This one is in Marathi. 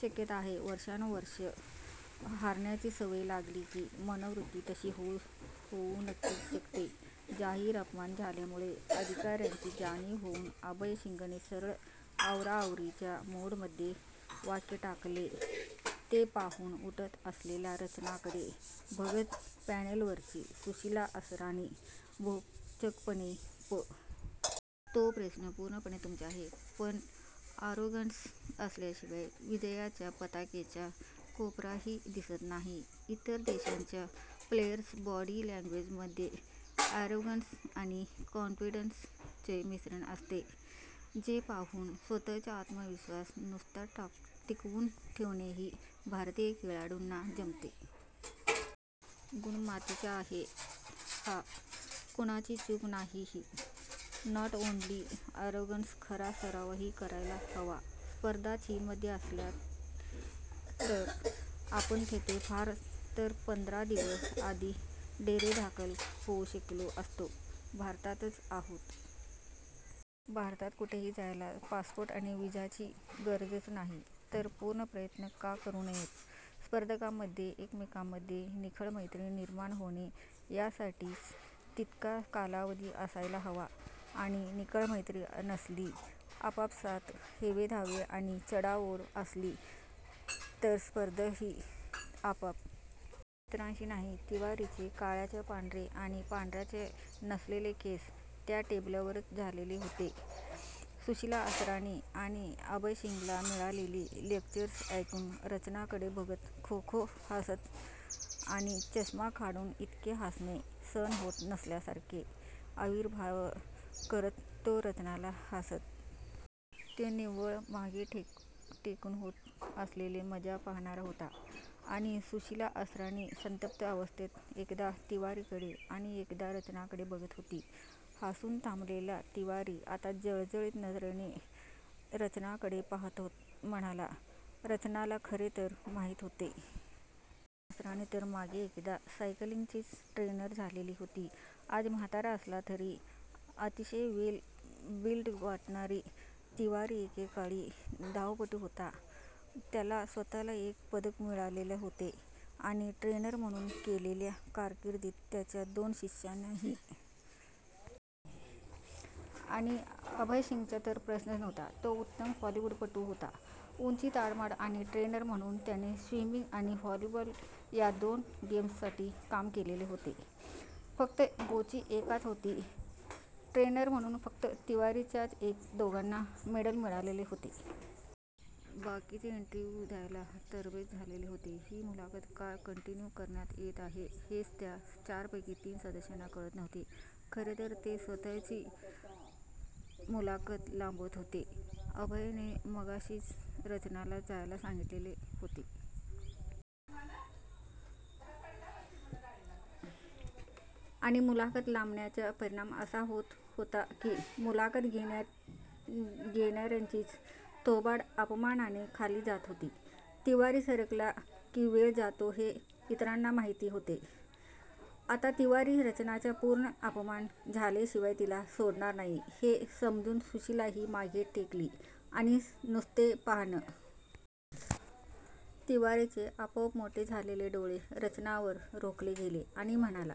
शक्यता आहे, वर्षानुवर्षे हारण्याची सवय लागली की मनोवृत्ती तशी होऊ नक्कीच शकते. " जाहीर अपमान झाल्यामुळे अधिकारांची जाणीव होऊन अभय सिंगने सरळ आवराआवरीच्याच मूडमध्ये वाक्य टाकले. ते पाहून उठत असलेल्या रचनाकडे बघत पॅनेलवरची सुशिला असरानी भोचकपणे पण ठासून बोलत रचनाला पुन्हा जागेवर बसवत म्हणाली, "हं-हं तुझ्या शब्दावर अवलंबून आम्ही निर्णय घ्यावा? " "तो प्रश्न पूर्णपणे तुमचा आहे. पण अॅरोगन्स असल्याशिवाय विजयाच्या पताकेचा कोपराही दिसत नाही. इतर देशांच्या प्लेयर्सच्या बॉडी लॅन्ग्वेजमध्ये अॅरोगन्स आणि कॉन्फिडन्सचे मिश्रण असते. जे पाहून स्वतःचा आत्मविश्वास नुसता टिकवून ठेवणेही भारतीय खेळाडूंना जमत नाही. गुण मातीचा आहे हा, कोणाची चूक नाही ही. " "नॉट, ओन्ली अॅरोगन्स खरा सरावही करायला हवा स्पर्धा चीनमध्ये असत्या तर आपण तेथे फार तर पंधरा दिवस आधी डेरेदाखल होऊ शकलो असतो. भारतातच आहेत. भारतात कुठेही जायला पासपोर्ट आणि व्हिसाची गरजच नाही, तर पूर्ण प्रयत्न का करू नयेत? स्पर्धकांमध्ये एकमेकांमध्ये निखळ मैत्री निर्माण होणे याहीसाठी तितका कालावधी असायला हवा, आणि निखळ मैत्री नसली. आपापसातच हेवेदावे आणि चढाओढ असली तरस्पर्धाही आपापसातच होतात. इतरांशी नाही." तिवारीचे काळ्याचे पांढरे आणि पांढर्याचे 'नसलेले' केस त्या टेबलवरच झालेले होते .सुशिला असरानी आणि अभय सिंगला मिळालेली लेक्चर्स ऐकून रचनाकडे बघत खोखो हासत आणि चष्मा काढून 'इतके हासणे' सहन होत नसल्यासारखे आविर्भाव करत तो रचनाला हासत हासतच म्हणाला, त्याच्या स्वरात उच्च दर्जाचा उपरोध असल्याने रचना नुसतीच शांत बसून राहिली, अभय सिंगने आता रचनाला काउन्ट आऊट केलेले होते. तो निव्वळ मागे टेकून होत असलेली मजा पाहणार होता... आणि सुशिला असरानी संतप्त अवस्थेत एकदा तिवारीकडे आणि एकदा रचनाकडे बघत होती. हसून थांबलेला तिवारी आता जळजळीत नजरेने रचनाकडे पाहात म्हणाला. रचनाला खरे तर माहीत होते. सुशिला असरानी तर मागे एकदा सायकलिंगचीच ट्रेनर झालेली होती. आज म्हातारा असला तरी अतिशय वेल बिल्ट वाटणारा तिवारी एकेकाळी धावपटू होता. त्याला स्वतःला एक पदक मिळालेले होते आणि ट्रेनर म्हणून केलेल्या कारकीर्दीत त्याच्या दोन शिष्यांनाही. आणि अभय सिंगचा तर प्रश्नच नव्हता. तो उत्तम व्हॉलीबॉलपटू होता. उंची ताडमाड, आणि ट्रेनर म्हणून त्याने स्विमिंग आणि व्हॉलीबॉल या दोन गेम्ससाठी काम केलेले होते... फक्त गोची एकच होती. ट्रेनर म्हणून फक्त तिवारीच्याच एक दोघांना मेडल मिळालेले होते. बाकीचे इन्टरव्ह्यू घ्यायला तरबेज झालेले होते. ही मुलाखत का कन्टिन्यू करण्यात येत आहे हेच त्या चारपैकी तीन सदस्यांना कळत नव्हते, खरे तर ते स्वतःच ही मुलाखत लांबवत होते. अभयने मगाशीच रचनाला जायला सांगितलेले होते. आणि मुलाखत लांबण्याचा परिणाम असा होत होता की मुलाखत घेणार्यांचीच थोबाडं अपमानाने खाली जात होती. तिवारी सरकला की वेळ जातो हे इतरांना माहीत होते. आता तिवारी रचनाचा पूर्ण अपमान झाल्याशिवाय तिला सोडणार नाही हे समजून सुशिलाही मागे टेकली आणि नुसते पाहण्याची भूमिका घेऊन बसली... तिवारीचे आपोआप मोठे झालेले डोळे रचनावर रोखले गेले आणि म्हणाला.